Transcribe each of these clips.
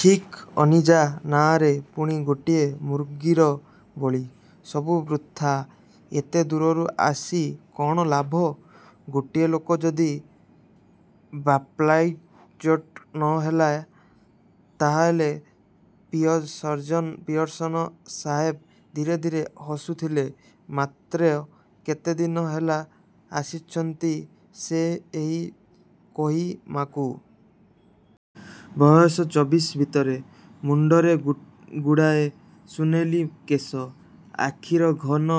ଠିକ୍ ଅନିଜା ନାଁରେ ପୁଣି ଗୋଟାଏ ମୁର୍ଗୀର ବଳି। ସବୁ ବୃଥା। ଏତେ ଦୂରରୁ ଆସି କ'ଣ ଲାଭ? ଗୋଟାଏ ଲୋକ ଯଦି ବାପ୍ଟାଇଜ୍ଡ଼ ନ ହେଲା ତାହାହେଲେ ପିୟର୍ସନ ସାହେବ ଧୀରେ ଧୀରେ ହସୁଥିଲେ। ମାତ୍ର କେତେଦିନ ହେଲା ଆସିଚନ୍ତି ସେ ଏହି କୋହିମାକୁ। ବୟସ ଚବିଶ ଭିତରେ। ମୁଣ୍ଡରେ ଗୁଡ଼ାଏ ସୁନେଲୀ କେଶ। ଆଖିର ଘନ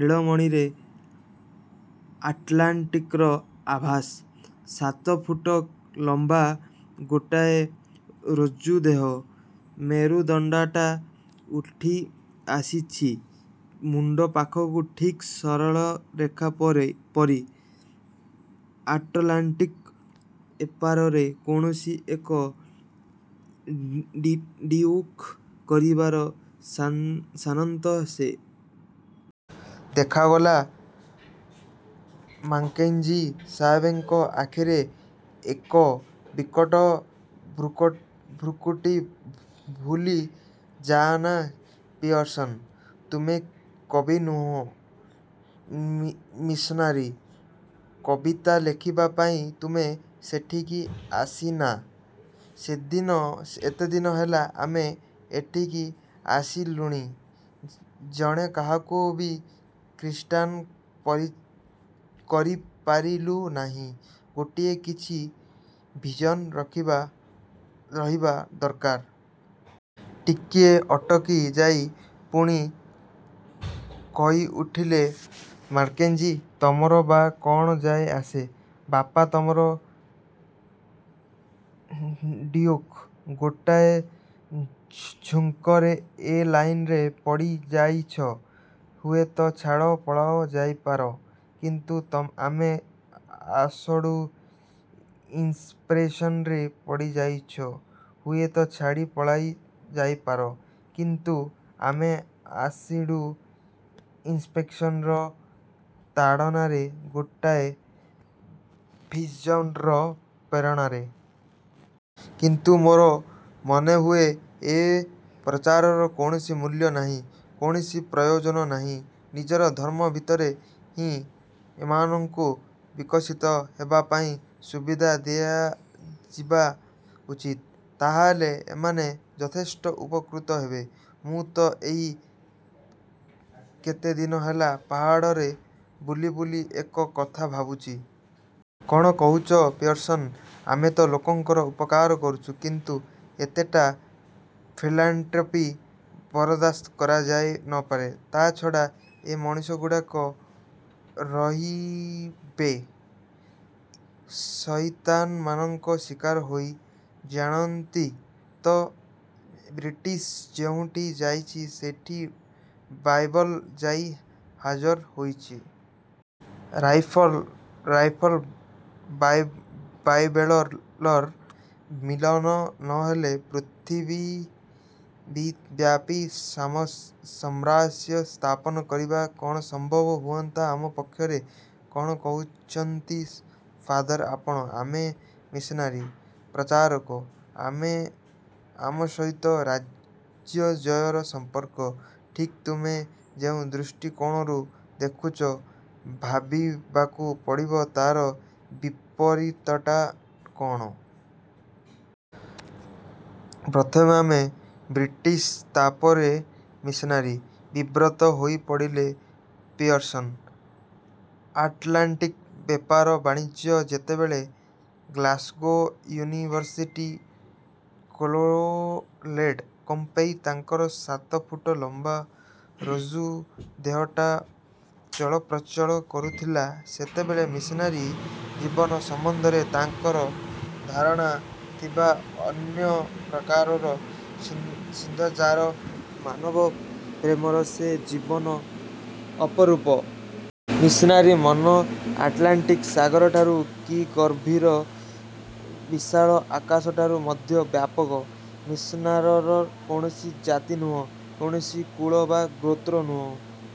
ନୀଳମଣିରେ ଆଟଲାଣ୍ଟିକର ଆଭାସ। ସାତ ଫୁଟ ଲମ୍ବା ଗୋଟାଏ ଋଜୁ ଦେହ। ମେରୁଦଣ୍ଡଟା ଉଠିଆସିଚି ମୁଣ୍ଡ ପାଖକୁ ଠିକ୍ ସରଳରେଖା ପରି। ଆଟଲାଣ୍ଟିକ ଏପାରରେ କୌଣସି ଏକ ଡିଉକ୍ ପରିବାରର ସନ୍ତାନ ସେ। ଦେଖାଗଲା ମାକେଂଜି ସାହେବଙ୍କ ଆଖିରେ ଏକ ବିକଟ ଭ୍ରୁକୁଟି–ଭୁଲି ଯାଅନା ପିର୍ସନ, ତୁମେ କବି ନୁହଁ, ମିଶନାରୀ। କବିତା ଲେଖିବା ପାଇଁ ତୁମେ ଏଠିକି ଆସିନା। ଏତେଦିନ ହେଲା ଆମେ ଏଠିକି ଆସିଲୁଣି, ଜଣେ କାହାକୁ ବି ଖ୍ରୀଷ୍ଟାନ କରିପାରିଲୁ ନାହିଁ। ଗୋଟାଏ କିଛି ଭିଜନ ରହିବା ଦରକାର। ଟିକିଏ ଅଟକି ଯାଇ ପୁଣି କହିଉଠିଲେ ମାକେଂଜି–ତମର ବା କ'ଣ ଯାଏ ଆସେ? ବାପା ତମର ଡ଼ିଉକ୍। ଗୋଟାଏ ଝୁଙ୍କରେ ଏ ଲାଇନରେ ପଡ଼ିଯାଇଚ, ହୁଏତ ଛାଡ଼ି ପଳାଇ ଯାଇପାର। କିନ୍ତୁ ଆମେ ଆସିଡ଼ୁ ଇନ୍ସପ୍ରେସନରେ ପଡ଼ିଯାଇଚ, ହୁଏତ ଛାଡ଼ି ପଳାଇ ଯାଇପାର-। କିନ୍ତୁ ଆମେ ଆସିଡ଼ୁ ଇନ୍ସପ୍ରେସନର ତାଡ଼ନାରେ, ଗୋଟାଏ ଭିଜନ୍ର ପ୍ରେରଣାରେ-। କିନ୍ତୁ ମୋର ମନେହୁଏ, ଏ ପ୍ରଚାରର କୌଣସି ମୂଲ୍ୟ ନାହିଁ। କୌଣସି ପ୍ରୟୋଜନ ନାହିଁ। ନିଜର ଧର୍ମ ଭିତରେ ହିଁ ଏମାନଙ୍କୁ ବିକଶିତ ହେବା ପାଇଁ ସୁବିଧା ଦିଆଯିବା ଉଚିତ। ତାହାହେଲେ ଏମାନେ ଯଥେଷ୍ଟ ଉପକୃତ ହେବେ। ମୁଁ ତ ଏଇ କେତେଦିନ ହେଲା ପାହାଡ଼ରେ ବୁଲି ବୁଲି ଏଇ କଥା ଭାବୁଚି। –କ'ଣ କହୁଚ ପିୟର୍ସନ। ଆମେ ତ ଲୋକଙ୍କ ଉପକାର କରୁଚୁ, କିନ୍ତୁ ଏତେଟା ଫିଲାନ୍ଥ୍ରପି ବରଦାସ୍ତ କରାଯାଇ ନ ପାରେ। ତା ଛଡ଼ା ଏ ମଣିଷଗୁଡ଼ାକ ରହିବେ ସଇତାନମାନଙ୍କ ଶିକାର ହୋଇ। ଜାଣନ୍ତି ତ ବ୍ରିଟିଶ ଯେଉଁଠିକି ଯାଇଚି, ସେଠି ବାଇବଲ ଯାଇ ହାଜର ହୋଇଚି। ରାଇଫଳ, ବାଇବେଲର ମିଳନ ନ ହେଲେ ପୃଥିବୀବ୍ୟାପୀ ସାମ୍ରାଜ୍ୟ ସ୍ଥାପନ କରିବା କ'ଣ ସମ୍ଭବ ହୁଅନ୍ତା ଆମ ପକ୍ଷରେ? –କ'ଣ କହୁଚନ୍ତି ଫାଦର ଆପଣ! ଆମେ ମିଶନାରୀ, ପ୍ରଚାରକ। ଆମ ସହିତ ରାଜ୍ୟଜୟର ସମ୍ପର୍କ? –ଠିକ୍ ତୁମେ ଯେଉଁ ଦୃଷ୍ଟିକୋଣରୁ ଦେଖୁଚ, ଭାବିବାକୁ ପଡ଼ିବ ତାର ବିପରୀତଟା କ'ଣ-। ପ୍ରଥମେ ଆମେ ବ୍ରିଟିଶ, ତାପରେ ମିଶନାରୀ। ବିବ୍ରତ ହୋଇପଡ଼ିଲେ ପିୟର୍ସନ। ଆଟଲାଣ୍ଟିକ ବେପାର ବାଣିଜ୍ୟରେ ଯେତେବେଳେ ଗ୍ଳାସ୍ଗୋ ୟୁନିଭରସିଟି କଲୋଲେଡ଼ କମ୍ପେଇ ତାଙ୍କର ସାତଫୁଟ ଲମ୍ବା ଋଜୁ ଦେହଟା ଚଳପ୍ରଚଳ କରୁଥିଲା ସେତେବେଳେ ମିଶନାରୀ ଜୀବନ ସମ୍ବନ୍ଧରେ ତାଙ୍କର ଧାରଣା ଥିଲା ଅନ୍ୟ ପ୍ରକାରର। ସିଦ୍ଧାଚାର ମାନବପ୍ରେମର ସେ ଜୀବନ ଅପରୂପ। ମିଶନାରୀର ମନ ଆଟଲାଣ୍ଟିକ ସାଗରଠାରୁ କି ଗଭୀର, ବିଶାଳ ଆକାଶଠାରୁ ମଧ୍ୟ ବ୍ୟାପକ। ମିଶନାରାର କୌଣସି ଜାତି ନାହିଁ, କୌଣସି କୁଳ ବା ଗୋତ୍ର ନାହିଁ।